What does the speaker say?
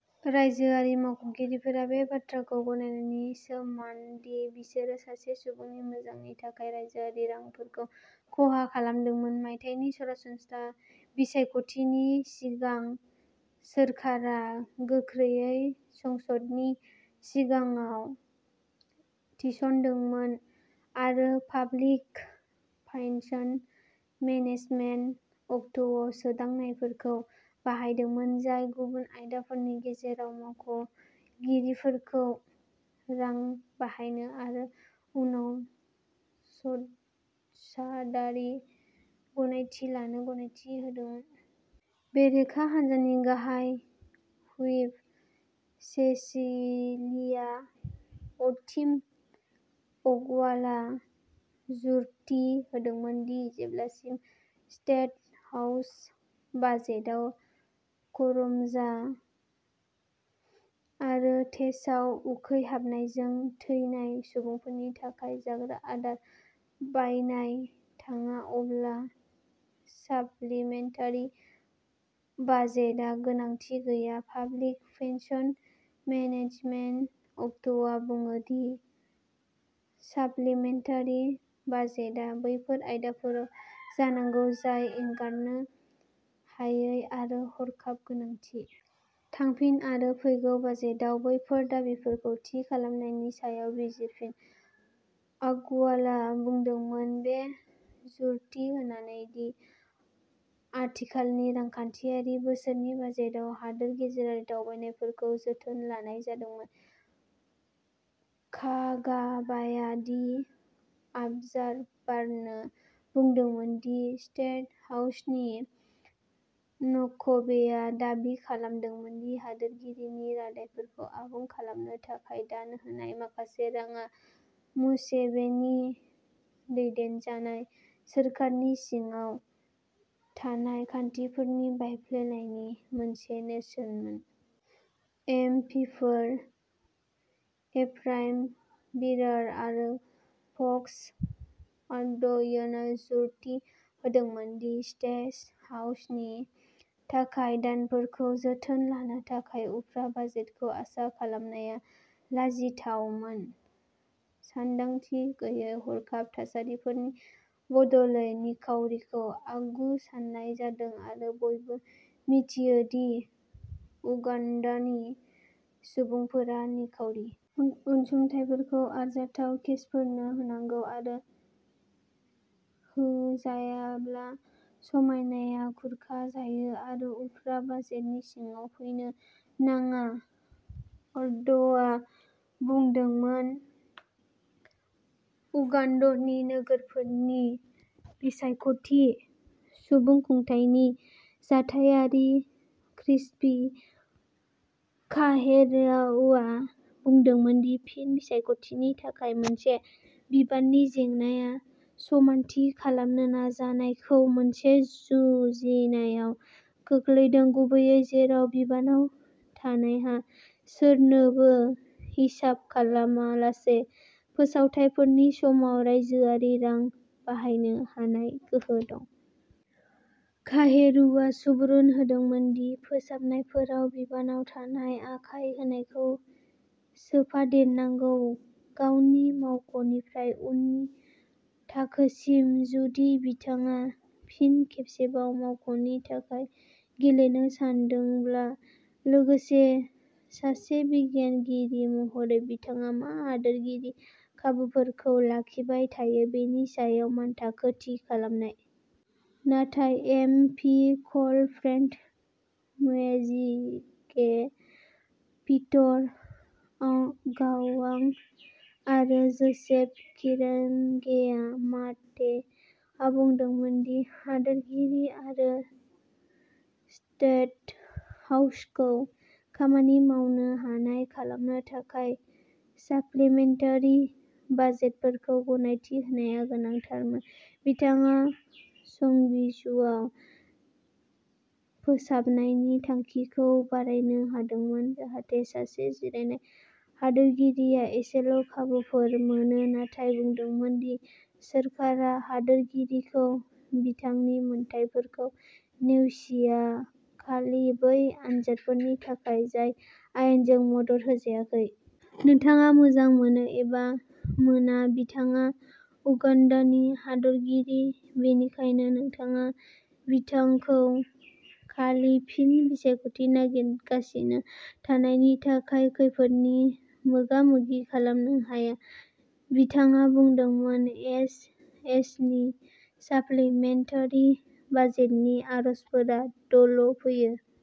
रायजोआरि मावख'गिरिफोरा बे बाथ्राखौ गनायनायनि समान दि बिसोरो सासे सुबुंनि मोजांनि थाखाय रायजोआरि रांफोरखौ खहा खालामदोंमोन। मायथाइनि सरासनस्रा बिसायख'थिनि सिगां, सोरखारा गोख्रैयै संसदनि सिगाङाव थिसन्दोंमोन आरो पाब्लिक फाइनेन्स मेनेजमेन्ट एक्टआव सोदांनायफोरखौ बाहायदोंमोन, जाय गुबुन आयदाफोरनि गेजेराव मावख'गिरिफोरखौ रां बाहायनो आरो उनाव संसदारि गनायथि लानो गनायथि होदोंमोन। बेरेखा हान्जानि गाहाय हुइप, सेसिलिया अटिम अगवालआ जुक्ति होदोंमोन दि जेब्लासिम स्टेट हाउस बाजेटआव करम'जा आरो टेस'आव उखैहाबनायजों थैनाय सुबुंफोरनि थाखाय जाग्रा आदार बायनाय थाङा, अब्ला साप्लिमेन्टारि बाजेटआ गोनांथि गैया। पाब्लिक फाइनेन्स मेनेजमेन्ट एक्टआ बुङो दि साप्लिमेन्टारि बाजेटआ बैफोर आयदाफोराव जानांगौ जाय एंगारनो हायै आरो हरखाब गोनांथि। थांफिन आरो फैगौ बाजेटआव बैफोर दाबिफोरखौ थि खालामनायनि सायाव बिजिरफिन, अगवालआ बुंदोंमोन, बे जुक्ति होनानै दि आथिखालनि रांखान्थियारि बोसोरनि बाजेटआव हादोर गेजेरारि दावबायनायफोरखौ जोथोन लानाय जादोंमोन। कागाबाया दि अबजारभारनो बुंदोंमोन दि स्टेट हाउसनि नाक'बेआ दाबि खालामदों दि हादोरगिरिनि रादायफोरखौ आबुं खालामनो थाखाय दान होनाय माखासे राङा मुसेभेनी दैदेनजानाय सोरखारनि सिङाव थानाय खान्थिफोरनि बायफ्लेनायनि मोनसे नेरसोनमोन। एम पिफोर एफ्राइम बिरार' आरो फक्स अद'ईआ जुक्ति होदोंमोन दि स्टेट हाउसनि थाखाय दानफोरखौ जोथोन लानो थाखाय उफ्रा बाजेटखौ आसा खालामनाया लाजिथावमोन, सानदांथि गैयै हरखाब थासारिफोरनि बदलै। निखावरिखौ आगु सान्नाय जादों आरो बयबो मिथियो दि उगाण्डानि सुबुंफोरा निखावरि। अनसुंथाइफोरखौ आरजाथाव केसफोरनो होनांगौ आरो होजायाब्ला, समायनाया खुरखाजायो आरो उफ्रा बाजेटनि सिङाव फैनो नाङा, अद'ई आ बुंदोंमोन। उगाण्डानि नोगोरारिफोरनि बिसायख'थि सुबुंखुंथायनि जथायगिरि, क्रिस्पी काहेरुआ बुंदोंमोन दि फिन बिसायख'थिनि थाखाय सासे बिबाननि जेंनाया समानथि खालामनो नाजानायखौ मोनसे जुजिनायाव खोख्लैदों, गुबैयै जेराव बिबानाव थानायहा सोरनोबो हिसाब खालामालासे फोसावथायफोरनि समाव रायजोआरि रां बाहायनो हानाय गोहो दं। काहेरुआ सुबुरुन होदोंमोन दि फोसाबनायफोराव बिबानाव थानाय आखाय होनायखौ सोफादेरनांगौ। गावनि मावख'निफ्राय उननि थाखोसिम, जुदि बिथाङा फिन खेबसेबाव मावख'नि थाखाय गेलेनो सानदोंब्ला, लोगोसे सासे बिनायगिरि महरै बिथाङा मा हादोरगिरिनि खाबुफोरखौ लाखिबाय थायो बेनि सायाव मानथाखो थि खालामनाय। नाथाय एम पि क'ल फ्रेड म्वेसिगे, पीटर अगवां आरो जोसेफ किरेगेया माटे आ बुंदोंमोन दि हादोरगिरि आरो स्टेट हाउसखौ खामानि मावनो हानाय खालामनो थाखाय साप्लिमेन्टारि बाजेटफोरखौ गनायथि होनाया गोनांथारमोन। बिथाङा संबिजुवाव फोसाबनायनि थांखिखौबो बरायनो हादोंमोन, जाहाथे सासे जिरायनाय हादोरगिरिया एसेल' खाबुफोर मोनो, नाथाय बुंदोंमोन दि सोरखारा हादोरगिरिखौ बिथांनि मोन्थाइफोरखौ नेवसिया, खालि बै अजदफोरनि थाखाय जाय आयेनजों मदद होजायाखै। नोंथाङा मोजां मोनो एबा मोना, बिथाङा उगान्डानि हादोरगिरि, बेनिखायनो नोंथाङा बिथांखौ खालि फिन बिसायख'थि नागिरगासिनो थानायनि थाखाय खैफोदनि मोगामोगि खालामनो हाया, बिथाङा बुंदोंमोन। एच एसनि साप्लिमेन्टारि बाजेटनि आर'जफोरा द'ल' फैयो।